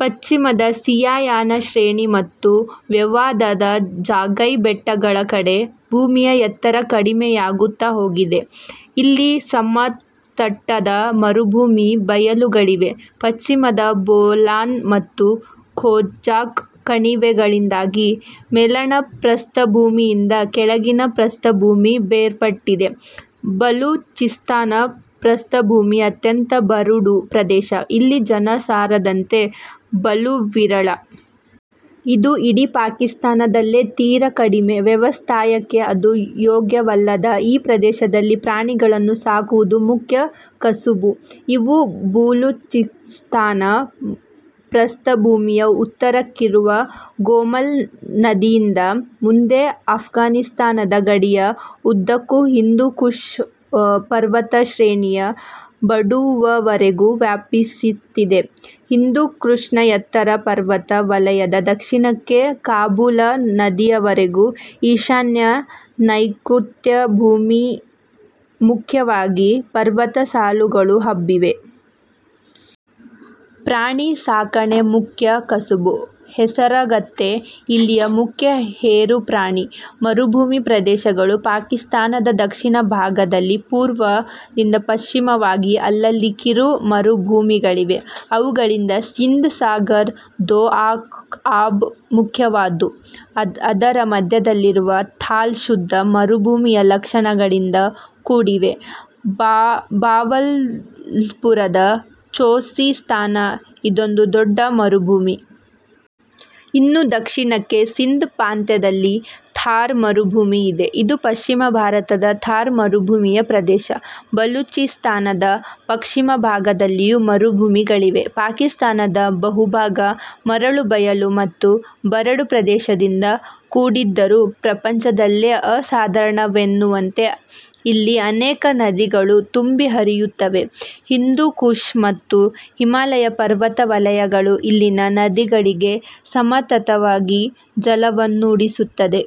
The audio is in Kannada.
ಪಶ್ಚಿಮದ ಸೀಯಾಹಾನ್ ಶ್ರೇಣಿ ಮತ್ತು ವಾಯವ್ಯದ ಜಾಗೈ ಬೆಟ್ಟಗಳ ಕಡೆ ಭೂಮಿಯ ಎತ್ತರ ಕಡಿಮೆಯಾಗುತ್ತ ಹೋಗಿದೆ. ಇಲ್ಲಿ ಸಮತಟ್ಟಾದ ಮರುಭೂಮಿ ಬಯಲುಗಳಿವೆ. ಪಶ್ಚಿಮದ ಬೋಲಾನ್ ಮತ್ತು ಖೋಜಾಕ್ ಕಣಿವೆಗಳಿಂದಾಗಿ ಮೇಲಣ ಪ್ರಸ್ಥಭೂಮಿಯಿಂದ ಕೆಳಗಿನ ಪ್ರಸ್ಥಭೂಮಿ ಬೇರ್ಪಟ್ಟಿದೆ. ಬಲೂಚಿಸ್ಥಾನ ಪ್ರಸ್ಥಭೂಮಿ ಅತ್ಯಂತ ಬರಡು ಪ್ರದೇಶ. ಇಲ್ಲಿ ಜನಸಾಂದ್ರತೆ ಬಲು ವಿರಳ. ಇದು ಇಡೀ ಪಾಕಿಸ್ತಾನದಲ್ಲೇ ತೀರ ಕಡಿಮೆ. ವ್ಯವಸ್ಥಾಯಕ್ಕೆ ಅಷ್ಟು ಯೋಗ್ಯವಲ್ಲದ ಈ ಪ್ರದೇಶದಲ್ಲಿ ಪ್ರಾಣಿಗಳನ್ನು ಸಾಕುವುದು ಮುಖ್ಯ ಕಸುಬು. ಇವು ಬಲೂಚಿಸ್ತಾನ ಪ್ರಸ್ಥಭೂಮಿಯ ಉತ್ತರಕ್ಕಿರುವ ಗೋಮಲ್ ನದಿಯಿಂದ ಮುಂದೆ ಆಫ್ಘಾನಿಸ್ತಾನದ ಗಡಿಯ ಉದ್ದಕ್ಕೂ ಹಿಂದೂಕುಷ್ ಪರ್ವತಶ್ರೇಣಿಯ ಬುಡದವರೆಗೆ ವ್ಯಾಪಿಸಿದೆ. ಹಿಂದೂಕುಷ್ನ ಎತ್ತರ ಪರ್ವತ ವಲಯದ ದಕ್ಷಿಣಕ್ಕೆ ಕಾಬೂಲ್ ನದಿಯವರೆಗೂ ಈಶಾನ್ಯ-ನೈಋತ್ಯಾಭಿಮುಖವಾಗಿ ಪರ್ವತ ಸಾಲುಗಳು ಹಬ್ಬಿವೆ. ಪ್ರಾಣಿ ಸಾಕಣೆ ಮುಖ್ಯ ಕಸಬು. ಹೇಸರಗತ್ತೆ ಇಲ್ಲಿಯ ಮುಖ್ಯ ಹೇರು ಪ್ರಾಣಿ. ಮರುಭೂಮಿ ಪ್ರದೇಶಗಳು, ಪಾಕಿಸ್ತಾನದ ದಕ್ಷಿಣ ಭಾಗದಲ್ಲಿ ಪೂರ್ವ-ಪಶ್ಚಿಮವಾಗಿ ಅಲ್ಲಲ್ಲಿ ಕಿರು ಮರುಭೂಮಿಗಳಿವೆ. ಅವುಗಳಲ್ಲಿ ಸಿಂಧ್ ಸಾಗರ್ ದೋಆಬ್ ಮುಖ್ಯವಾದ್ದು. ಅದರ ಮಧ್ಯದಲ್ಲಿರುವ ಥಾಲ್ ಶುದ್ಧ ಮರುಭೂಮಿಯ ಲಕ್ಷಣಗಳಿಂದ ಕೂಡಿದೆ. ಭಾವಲ್ಪುರದ ಚೊಲಿಸ್ತಾನ ಇನ್ನೊಂದು ದೊಡ್ಡ ಮರುಭೂಮಿ. ಇನ್ನೂ ದಕ್ಷಿಣಕ್ಕೆ ಸಿಂಧ್ ಪ್ರಾಂತ್ಯದಲ್ಲಿ ಥಾರ್ ಮರುಭೂಮಿ ಇದೆ. ಇದು ಪಶ್ಚಿಮ ಭಾರತದ ಥಾರ್ ಮರುಭೂಮಿಯ ಪ್ರದೇಶ. ಬಲೂಚಿಸ್ಥಾನದ ಪಶ್ಚಿಮಭಾಗದಲ್ಲೂ ಮರುಭೂಮಿಗಳಿವೆ. ಪಾಕಿಸ್ತಾನದ ಬಹುಭಾಗ ಮರಳು ಬಯಲು ಮತ್ತು ಬರಡು ಪ್ರದೇಶದಿಂದ ಕೂಡಿದ್ದರೂ ಪ್ರಪಂಚದಲ್ಲೇ ಅಸಾಧಾರಣವೆನ್ನುವಂತೆ ಇಲ್ಲಿ ಅನೇಕ ನದಿಗಳು ತುಂಬಿ ಹರಿಯುತ್ತವೆ. ಹಿಂದೂಕುಷ್ ಮತ್ತು ಹಿಮಾಲಯ ಪರ್ವತ ವಲಯಗಳು ಇಲ್ಲಿಯ ನದಿಗಳಿಗೆ ಸತತವಾಗಿ ಜಲವನ್ನೂಡಿಸುತ್ತವೆ.